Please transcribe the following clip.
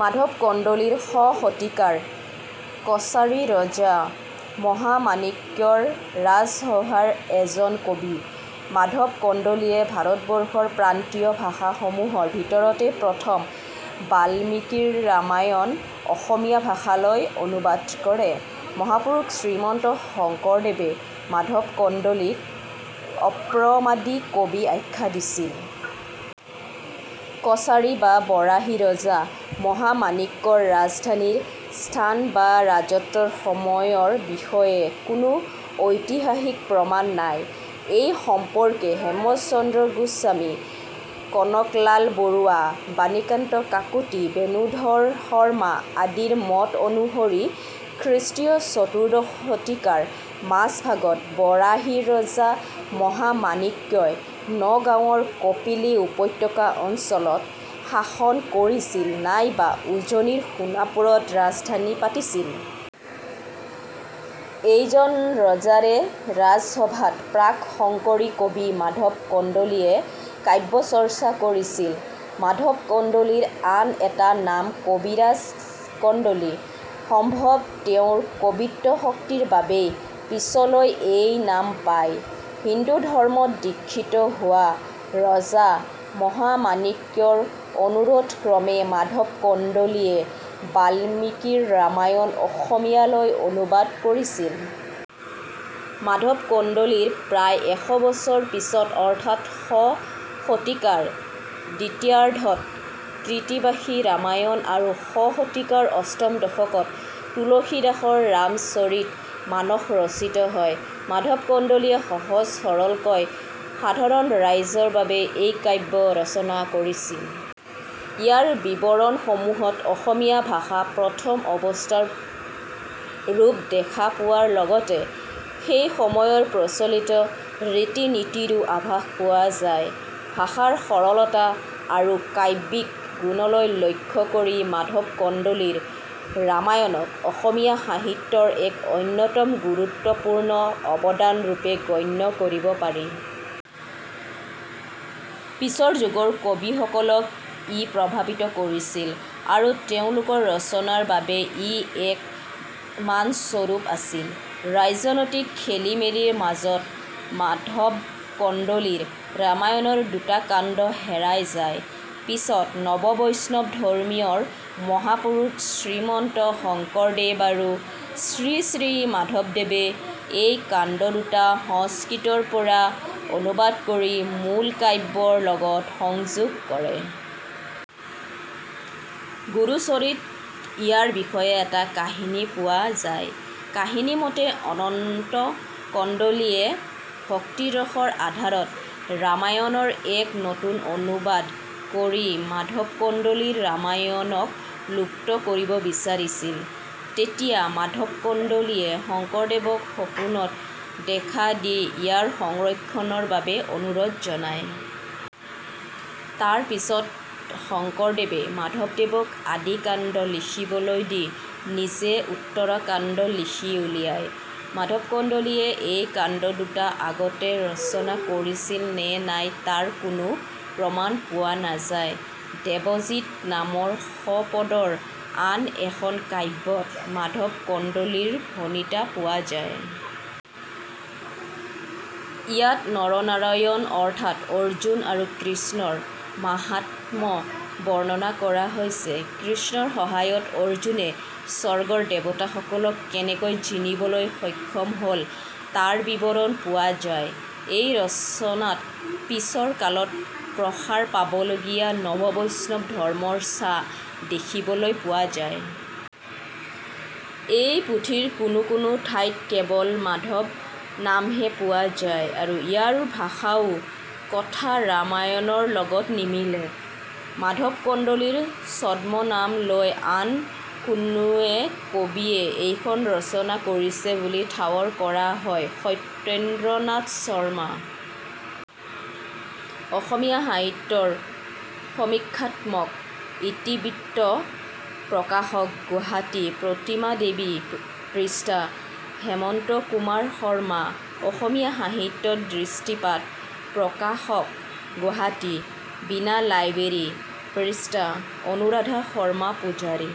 মাধৱ কন্দলি শ শতিকাৰ কছাৰী ৰজা মহামাণিক্যৰ ৰাজসভাৰ এজন কবি। মাধৱ কন্দলিয়ে ভাৰতবৰ্ষৰ প্ৰান্তীয় ভাষা সমুহৰ ভিতৰতে প্ৰথম বাল্মীকি ৰ ৰামায়ণ অসমীয়া ভাষালৈ অনুবাদ কৰে। মহাপুৰুষ শ্ৰীমন্ত শঙ্কৰদেৱে মাধৱ কন্দলিক "অপ্ৰমাদী কবি" আখ্যা দিছিল। কছাৰী বা বৰাহী ৰজা মহামাণিক্যৰ ৰাজধানীৰ স্থান বা ৰাজত্বৰ সময়ৰ বিষয়ে কোনো ঐতিহাসিক প্ৰমাণ নাই। এই সম্পৰ্কে হেমচন্দ্ৰ গোস্বামী, কনকলাল বৰুৱা, বাণীকান্ত কাকতি, বেণুধৰ শৰ্মা আদিৰ মত অনুসৰি খৃষ্টীয় চতুৰ্দশ শতিকাৰ মাজভাগত বৰাহী ৰজা মহামাণিক্যই নগাঁৱ ৰ কপিলী উপত্যকা অঞ্চলত শাসন কৰিছিল নাইবা উজনিৰ সোণাপুৰত ৰাজধানী পাতিছিল। এইজন ৰজাৰে ৰাজসভাত প্ৰাক্-শঙ্কৰী কবি মাধৱ কন্দলিয়ে কাব্য চৰ্চা কৰিছিল। মাধৱ কন্দলিৰ আন এটা নাম "কবিৰাজ কন্দলি", সম্ভৱ তেওঁৰ কবিত্ব শক্তিৰ বাবেই পিছলৈ এই নাম পায়। হিন্দু ধৰ্ম ত দিক্ষিত হোৱা ৰজা মহামাণিক্যৰ অনুৰোধক্ৰমে মাধৱ কন্দলিয়ে বাল্মীকিৰ ৰামায়ণ অসমীয়ালৈ অনুবাদ কৰিছিল। মাধৱ কন্দলিৰ প্ৰায় এশ বছৰ পিছত অৰ্থাৎ শ শতিকাৰ দ্বিতীয়াৰ্ধত ' কৃত্তিবাসী ৰামায়ণ ' আৰু শ শতিকাৰ অষ্টম দশকত তুলসীদাস ৰ ' ৰাম-চৰিত মানস ' ৰচিত হয়। মাধৱ কন্দলিয়ে সহজ-সৰলকৈ সাধাৰণ ৰাইজৰ বাবে এই কাব্য ৰচনা কৰিছিল। ইয়াৰ বিৱৰণসমূহত অসমীয়া ভাষা প্ৰথম অৱস্থাৰ ৰূপ দেখা পোৱাৰ লগতে সেইসময়ৰ প্ৰচলিত ৰীতি-নীতিৰো আভাস পোৱা যায়। ভাষাৰ সৰলতা আৰু কাব্যিক গুণলৈ লক্ষ্য কৰি মাধৱ কন্দলিৰ ৰামায়ণক অসমীয়া সাহিত্য ৰ এক অন্যতম গুৰুত্বপূৰ্ণ অৱদানৰূপে গণ্য কৰিব পাৰি। পিছৰ যুগৰ কবিসকলক ই প্ৰভাৱিত কৰিছিল আৰু তেওঁলোকৰ ৰচনাৰ বাবে ই এক মানস্বৰূপ আছিল। ৰাজনৈতিক খেলিমেলিৰ মাজত মাধৱ কন্দলিৰ ৰামায়ণৰ দুটা কাণ্ড হেৰাই যায়। পিছত নৱবৈষ্ণৱ ধৰ্মীয় ৰ মহাপুৰুষ শ্ৰীমন্ত শঙ্কৰদেৱ আৰু শ্ৰীশ্ৰী মাধৱদেৱে এই কাণ্ড দুটা সংস্কৃত ৰ পৰা অনুবাদ কৰি মূল কাব্যৰ লগত সংযোগ কৰে। " গুৰু-চৰিত " ইয়াৰ বিষয়ে এটা কাহিনী পোৱা যায়। কাহিনীমতে অনন্ত কন্দলি য়ে ভক্তিৰসৰ আধাৰত ৰামায়ণৰ এক নতুন অনুবাদ কৰি মাধৱ কন্দলিৰ ৰামায়ণক লুপ্ত কৰিব বিচাৰিছিল। তেতিয়া মাধৱ কন্দলিয়ে শঙ্কৰদেৱক সপোনত দেখা দি ইয়াৰ সংৰক্ষণৰ বাবে অনুৰোধ জনায়। তাৰ পিছত শঙ্কৰদেৱে মাধৱদেৱক আদিকাণ্ড লিখিবলৈ দি নিজে উত্তৰাকাণ্ড লিখি উলিয়ায়। মাধৱ কন্দলিয়ে এই কাণ্ড দুটা আগতে ৰচনা কৰিছিল নে নাই তাৰ কোনো প্ৰমাণ পোৱা নাযায়। "দেৱজিৎ" নামৰ শ পদৰ আন এখন কাব্যত মাধৱ কন্দলিৰ ভণিতা পোৱা যায়। ইয়াত নৰনাৰায়ণ অৰ্থাৎ অৰ্জুন আৰু কৃষ্ণ ৰ মাহাত্ম্য বৰ্ণনা কৰা হৈছে। কৃষ্ণৰ সহায়ত অৰ্জুনে স্বৰ্গৰ দেৱতাসকলক কেনেকৈ জিনিবলৈ সক্ষম হ'ল তাৰ বিৱৰণ পোৱা যায়। এই ৰচনাত পিছৰ কালত প্ৰসাৰ পাবলগীয়া নৱবৈষ্ণৱ ধৰ্মৰ ছাঁ দেখিবলৈ পোৱা যায়। এই পুথিৰ কোনো কোনো ঠাইত কেৱল 'মাধৱ' নামহে পোৱা যায় আৰু ইয়াৰ ভাষাও 'কথা-ৰামায়ণ'ৰ লগত নিমিলে। মাধৱ কন্দলিৰ ছদ্মনাম লৈ আন কোনো কবিয়ে এইখন ৰচনা কৰিছে বুলি ঠাৱৰ কৰা হয়। ↑ সত্যেন্দ্ৰনাথ শৰ্মা. অসমীয়া সাহিত্যৰ সমীক্ষাত্মক ইতিবৃত্ত. প্ৰকাশক গুৱাহাটী: প্ৰতিমা দেৱী. পৃষ্ঠা. -.↑ হেমন্ত কুমাৰ শৰ্মা. অসমীয়া সাহিত্যত দৃষ্টিপাত. প্ৰকাশক গুৱাহাটী: বীণা লাইব্ৰেৰী. পৃষ্ঠা.. অনুৰাধা শৰ্মা পূজাৰী।